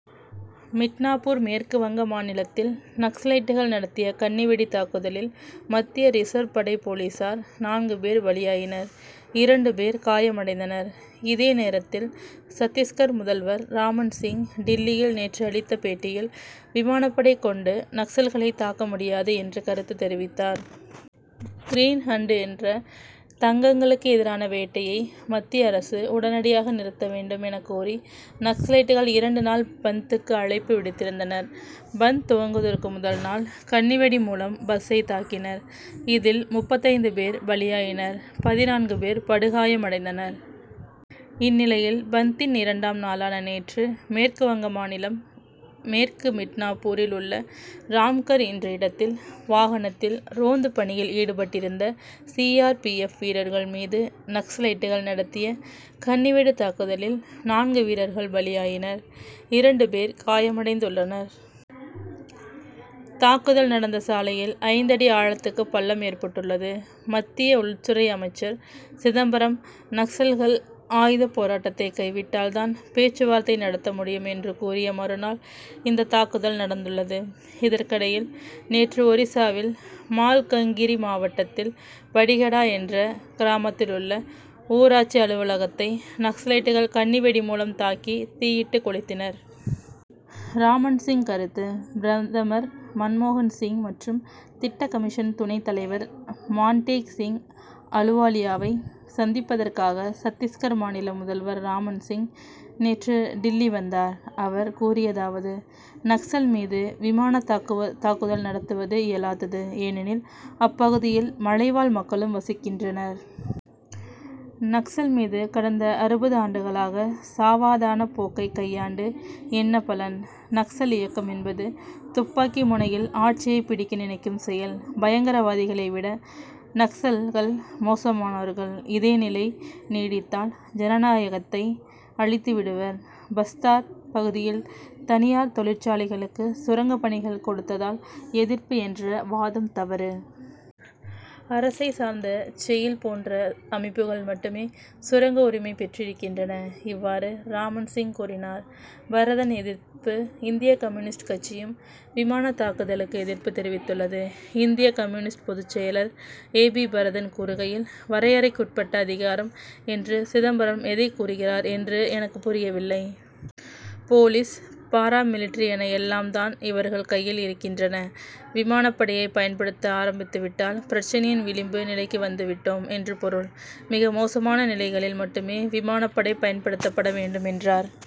மிட்னாப்பூர் மேற்கு வங்க மாநிலத்தில் நக்சலைட்கள் நடத்திய கண்ணிவெடித் தாக்குதலில் மத்திய ரிசர்வ் படை போலீசார் நான்கு பேர் பலியாயினர் இரண்டு பேர் காயமடைந்தனர். இதே நேரத்தில் சத்திஸ்கர் முதல்வர் ராமன் சிங் டில்லியில் நேற்று அளித்த பேட்டியில் விமானப்படை கொண்டு நக்சல்களை தாக்க முடியாது என்று கருத்து தெரிவித்தார். கிரீன் ஹன்ட் என்ற தங்களுக்கு எதிரான வேட்டையை மத்திய அரசு உடனடியாக நிறுத்த வேண்டும் எனக்கோரி நக்சலைட்கள் இரண்டு நாள் பந்த்துக்கு அழைப்பு விடுத்திருந்தனர். பந்த் துவங்குவதற்கு முதல்நாள் கண்ணி வெடி மூலம் பஸ்சைத் தாக்கினர். இதில் முப்பத்தைந்து பேர் பலியாயினர் பதினான்கு பேர் படுகாயமடைந்தனர். இந்நிலையில் பந்த்தின் இரண்டாம் நாளான நேற்று மேற்கு வங்க மாநிலம் மேற்கு மிட்னாப்பூரில் உள்ள ராம்கர் என்ற இடத்தில் வாகனத்தில் ரோந்துப் பணியில் ஈடுபட்டிருந்த சி. ஆர். பி. எப். வீரர்கள் மீது நக்சலைட்கள் நடத்திய கண்ணிவெடித் தாக்குதலில் நான்கு வீரர்கள் பலியாயினர் இரண்டு பேர் காயமடைந்துள்ளனர். தாக்குதல் நடந்த சாலையில் ஐந்தடி ஆழத்துக்குப் பள்ளம் ஏற்பட்டுள்ளது. மத்திய உள்துறை அமைச்சர் சிதம்பரம் நக்சல்கள் ஆயுதப் போராட்டத்தைக் கைவிட்டால் தான் பேச்சுவார்த்தை நடத்த முடியும் என்று கூறிய மறுநாள் இந்தத் தாக்குதல் நடந்துள்ளது. இதற்கிடையில் நேற்று ஒரிசாவில் மால்கங்கிரி மாவட்டத்தில் படிகடா என்ற கிராமத்திலுள்ள ஊராட்சி அலுவலகத்தை நக்சலைட்கள் கண்ணி வெடி மூலம் தாக்கித் தீயிட்டுக் கொளுத்தினர். ராமன் சிங் கருத்து பிரதமர் மன்மோகன் சிங் மற்றும் திட்டக்கமிஷன் துணைத் தலைவர் மான்டேக் சிங் அலுவாலியாவை சந்திப்பதற்காக சத்திஸ்கர் மாநில முதல்வர் ராமன் சிங் நேற்று டில்லி வந்தார். அவர் கூறியதாவது நக்சல் மீது விமானத் தாக்குதல் நடத்துவது இயலாதது. ஏனெனில் அப்பகுதியில் மலைவாழ் மக்களும் வசிக்கின்றனர். நக்சல் மீது கடந்த அறுபது ஆண்டுகளாக சாவதானப் போக்கை கையாண்டு என்ன பலன். நக்சல் இயக்கம் என்பது துப்பாக்கி முனையில் ஆட்சியை பிடிக்க நினைக்கும் செயல். பயங்கரவாதிகளை விட நக்சல்கள் மோசமானவர்கள் இதே நிலை நீடித்தால் ஜனநாயகத்தை அழித்து விடுவர். பஸ்தார் பகுதியில் தனியார் தொழிற்சாலைகளுக்கு சுரங்கப் பணிகள் கொடுத்ததால் எதிர்ப்பு என்ற வாதம் தவறு. அரசைச் சார்ந்த செயில் போன்ற அமைப்புகள் மட்டுமே சுரங்க உரிமை பெற்றிருக்கின்றன. இவ்வாறு ராமன் சிங் கூறினார். பரதன் எதிர்ப்பு இந்திய கம்யூனிஸ்ட் கட்சியும் விமானத் தாக்குதலுக்கு எதிர்ப்பு தெரிவித்துள்ளது. இந்திய கம்யூனிஸ்ட் பொதுச் செயலர் ஏ. பி. பரதன் கூறுகையில் வரையறைக்குட்பட்ட அதிகாரம் என்று சிதம்பரம் எதைக் கூறுகிறார் என்று எனக்குப் புரியவில்லை. போலீஸ் பாராமிலிட்டரி என எல்லாம் தான் இவர்கள் கையில் இருக்கின்றன. விமானப் படையைப் பயன்படுத்த ஆரம்பித்துவிட்டால் பிரச்னையின் விளிம்பு நிலைக்கு வந்துவிட்டோம் என்று பொருள். மிகமோசமான நிலைகளில் மட்டுமே விமானப் படை பயன்படுத்தப்பட வேண்டும் என்றார்.